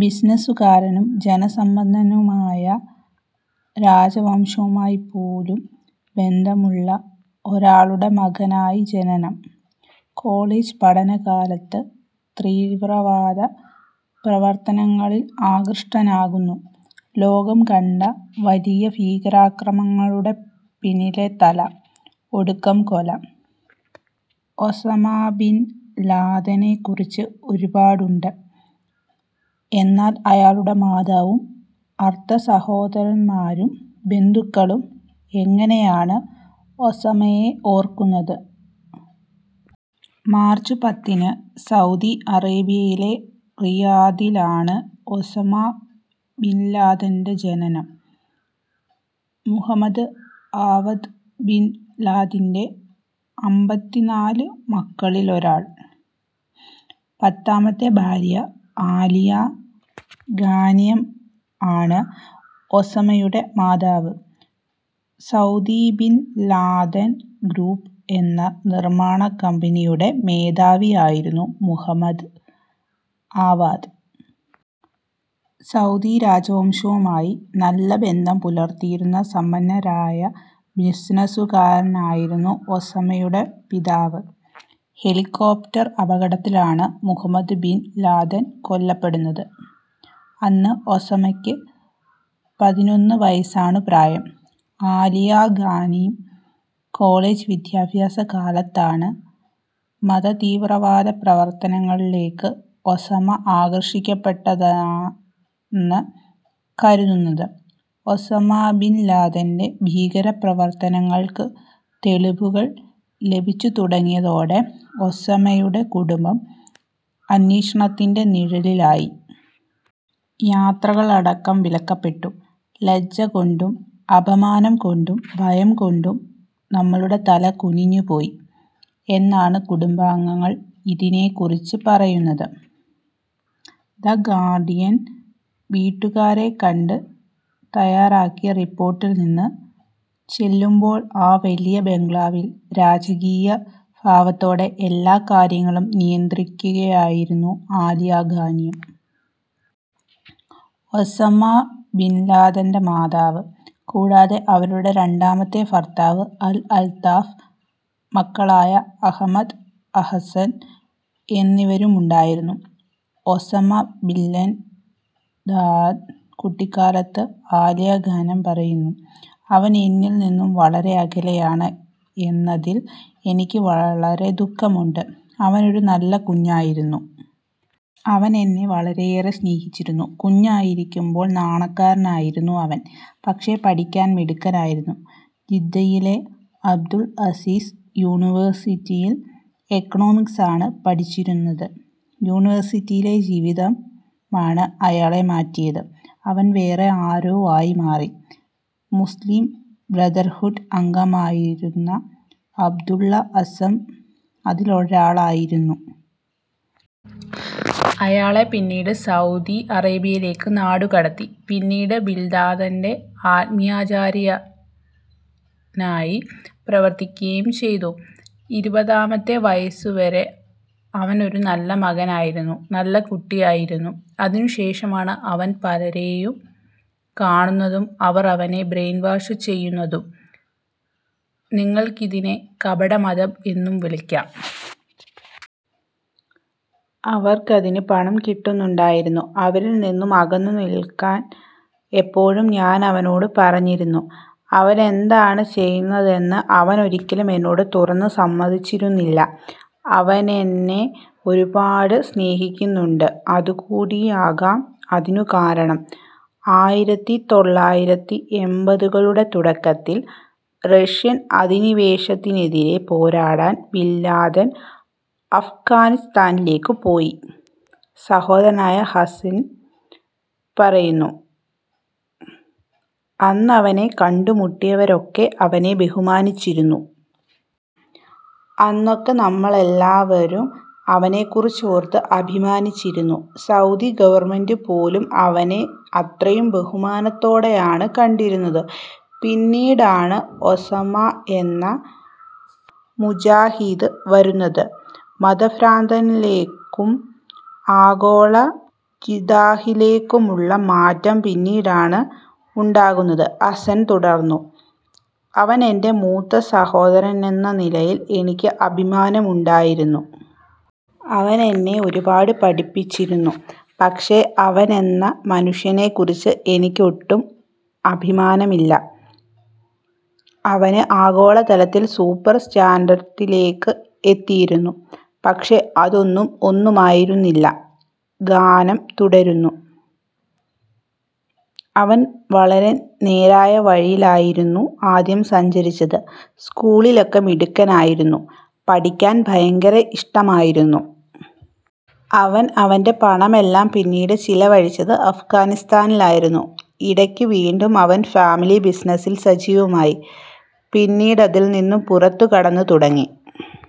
ബിസിനസുകാരനും ജനസമ്മതനുമായ, രാജവംശവുമായിപ്പോലും ബന്ധമുള്ള ഒരാളുടെ മകനായി ജനനം. കോളേജ് പഠന കാലത്ത് തീവ്രവാദ പ്രവർത്തനങ്ങളിൽ ആകൃഷ്ടനാകുന്നു. ലോകം കണ്ട വലിയ ഭീകരാക്രമണങ്ങളുടെ പിന്നിലെ തല. ഒടുക്കം കൊല. ഒസാമ ബിൻ ലാദനെ കുറിച്ച് ഒരുപാടുണ്ട്. എന്നാൽ അയാളുടെ മാതാവും, അർദ്ധ സഹോദരന്മാരും, ബന്ധുക്കളും എങ്ങനെയാണ് ഒസാമയെ ഓർക്കുന്നത്. മാർച്ച് പത്തിന് സൗദി അറേബ്യയിലെ റിയാദിലാണ് ഒസാമ ബിൻലാദന്റെ ജനനം. മുഹമ്മദ് അവാദ് ബിൻ ലാദന്റെ അമ്പതിനാല് മക്കളിൽ ഒരാള്. പത്താമത്തെ ഭാര്യ ആലിയ ഗാനെം ആണ് ഒസാമയുടെ മാതാവ്. ' സൗദി ബിൻ ലാദൻ ഗ്രൂപ്പ് ' എന്ന നിർമ്മാണ കമ്പനിയുടെ മേധാവിയായിരുന്നു മുഹമ്മദ് അവാദ്. സൗദി രാജവംശവുമായി നല്ല ബന്ധം പുലർത്തിയിരുന്ന സമ്പന്നനായ ബിസിനസ്സുകാരനായിരുന്ന ഒസാമയുടെ പിതാവ്. ഹെലികോപ്റ്റർ അപകടത്തിലാണ് മുഹമ്മദ് ബിൻ ലാദൻ കൊല്ലപ്പെടുന്നത്. അന്ന് ഒസാമയ്ക്ക് പതിനൊന്ന് വയസാണ് പ്രായം. ആലിയ ഗാനെം കോളേജ് വിദ്യാഭ്യാസ കാലത്താണ് മതതീവ്രവാദ പ്രവർത്തനങ്ങളിലേക്ക് ഒസാമ ആകർഷിക്കപ്പെട്ടതെന്നാണ് കരുതുന്നത്. ഒസാമ ബിൻ ലാദന്റെ ഭീകരപ്രവര്ത്തനങ്ങൾക്ക് തെളിവുകൾ ലഭിച്ചു തുടങ്ങിയതോടെ ഒസാമയുടെ കുടുംബം അന്വേഷണത്തിന്റെ നിഴലിലായി. യാത്രകളടക്കം വിലക്കപ്പെട്ടു. ' ലജ്ജ കൊണ്ടും അപമാനം കൊണ്ടും ഭയം കൊണ്ടും നമ്മുടെ തല കുനിഞ്ഞുപോയി ' എന്നാണ് കുടുംബാംഗങ്ങൾ ഇതിനെക്കുറിച്ച് പറയുന്നത്. ' ദ ഗാർഡിയൻ ' വീട്ടുകാരെ കണ്ട് തയ്യാറാക്കിയ റിപ്പോർട്ടിൽ നിന്ന്. ചെല്ലുമ്പോൾ, ആ വലിയ ബംഗ്ലാവിൽ രാജകീയ ഭാവത്തോടെ എല്ലാ കാര്യങ്ങളും നിയന്ത്രിക്കുകയായിരുന്നു ആലിയ ഗാനെം. ഒസാമ ബിൻ ലാദന്റെ മാതാവ്. കൂടാതെ അവരുടെ രണ്ടാമത്തെ ഭർത്താവ് അൽ -അത്താഫ്, മക്കളായ അഹമ്മദ്, ഹസ്സൻ എന്നിവരുമുണ്ടായിരുന്നു. ഒസാമ ബിന് ലാദൻ കുട്ടിക്കാലത്ത് ആലിയ ഗാനെം പറയുന്നു, '' അവൻ എന്നിൽ നിന്നും വളരെ അകലെയാണ് എന്നതിൽ എനിക്ക് വളരെ ദുഖമുണ്ട്. അവനൊരു നല്ല കുഞ്ഞായിരുന്നു. അവൻ എന്നെ വളരെയേറെ സ്നേഹിച്ചിരുന്നു. കുഞ്ഞായിരിക്കുമ്പോൾ നാണക്കാരനായിരുന്നു അവൻ. പക്ഷെ, പഠിക്കാൻ മിടുക്കനുമായിരുന്നു. ജിദ്ദയിലെ അബ്ദുള് അസീസ് യൂണിവേഴ്സിറ്റിയിൽ എക്കണോമിക്സാണ് പഠിച്ചിരുന്നത്. യൂണിവേഴ്സിറ്റിയിലെ ജീവിതമാണ് അയാളെ മാറ്റിയത്. അവൻ വേറെ ആരോ ആയി മാറി. '' മുസ്ലിം ബ്രദർഹുഡ് അംഗമായിരുന്ന അബ്ദുല്ല അസ്സം അതിലൊരാളായിരുന്നു. അയാളെ പിന്നീട് സൗദി അറേബ്യയിലേക്ക് നാടുകടത്തി. പിന്നീട് ബിൻ ലാദന്റെ ആത്മീയാചാര്യനായി പ്രവർത്തിക്കുകയും ചെയ്തു. '' ഇരുപതാമത്തെ വയസുവരെ അവനൊരു നല്ല മകനായിരുന്നു. നല്ല കുട്ടിയായിരുന്നു. അതിനു ശേഷമാണ് അവൻ പലരേയും കാണുന്നതും അവർ അവനെ ബ്രെയിൻ വാഷ് ചെയ്യുന്നതും. നിങ്ങൾക്കതിനെ കപടമതം എന്നു വിളിക്കാം. അവർക്കതിന് പണം കിട്ടുന്നുണ്ടായിരുന്നു. അവരിൽ നിന്നും അകന്നുനിൾക്കാൻ എപ്പോഴും ഞാനവനോട് പറഞ്ഞിരുന്നു. അവനെന്താണ് ചെയ്യുന്നതെന്ന് അവനൊരിക്കലും എന്നോട് തുറന്നു സമ്മതിച്ചിരുന്നില്ല. അവനെന്നെ ഒരുപാട് സ്നേഹിക്കുന്നുണ്ട്. അതുകൂടിയാകാം അതിനു കാരണം. ആയിരത്തിതൊള്ളായിരത്തിഎമ്പതുകളുടെ തുടക്കത്തിൽ റഷ്യൻ അധിനിവേശത്തിനെതിരെ പോരാടാൻ ബിൻലാദൻ അഫ്ഗാനിസ്ഥാനിലേക്ക് പോയി. സഹോദരനായ ഹസ്സന് പറയുന്നു. '' അന്നവനെ കണ്ടുമുട്ടിയിരുന്നവരൊക്കെ അവനെ ബഹുമാനിച്ചിരുന്നു. അന്നൊക്കെ നമ്മളെല്ലാവരും അവനെക്കുറിച്ചോർത്തു അഭിമാനിച്ചിരുന്നു. സൗദി ഗവണ്മെന്റ് പോലും അവനെ അത്രയും ബഹുമാനത്തോടെയാണ് കണ്ടിരുന്നത്. പിന്നീടാണ് ഒസാമ എന്ന മുജാഹിദ് വരുന്നത്. '' മതഭ്രാന്തനിലേക്കും ആഗോള ജിഹാദിയിലേക്കുമുള്ള മാറ്റം പിന്നീടാണ് ഉണ്ടാകുന്നത്. ഹസ്സൻ തുടർന്നു. '' അവൻ എന്റെ മൂത്ത സഹോദരനെന്ന നിലയിൽ എനിക്കും അഭിമാനമുണ്ടായിരുന്നു. അവനെന്നെ ഒരുപാട് പഠിപ്പിച്ചിരുന്നു. പക്ഷെ, അവനെന്ന മനുഷ്യനെ കുറിച്ച് എനിക്ക് ഒട്ടും അഭിമാനമില്ല. അവന് ആഗോളതലത്തിൽ സൂപ്പർ സ്റ്റാർഡത്തിലേക്ക് എത്തിയിരുന്നു. പക്ഷെ, അതൊന്നും ഒന്നുമായിരുന്നില്ല. '' ഗാനെം തുടരുന്നു. '' അവൻ വളരെ നേരായ വഴിയിലായിരുന്നു ആദ്യം സഞ്ചരിച്ചത്. സ്കൂളിലൊക്കെ മിടുക്കനായിരുന്നു. പഠിക്കാൻ ഭയങ്കര ഇഷ്ടമായിരുന്നു. അവൻ അവന്റെ പണമെല്ലാം പിന്നീട് ചെലവഴിച്ചത് അഫ്ഗാനിസ്ഥാനിലായിരുന്നു. ഇയട്ക്ക് വീണ്ടും അവൻ ഫാമിലി ബിസിനസിൽ സജീവമായി. പിന്നീടതില് നിന്നും പുറത്തുകടന്നു തുടങ്ങി.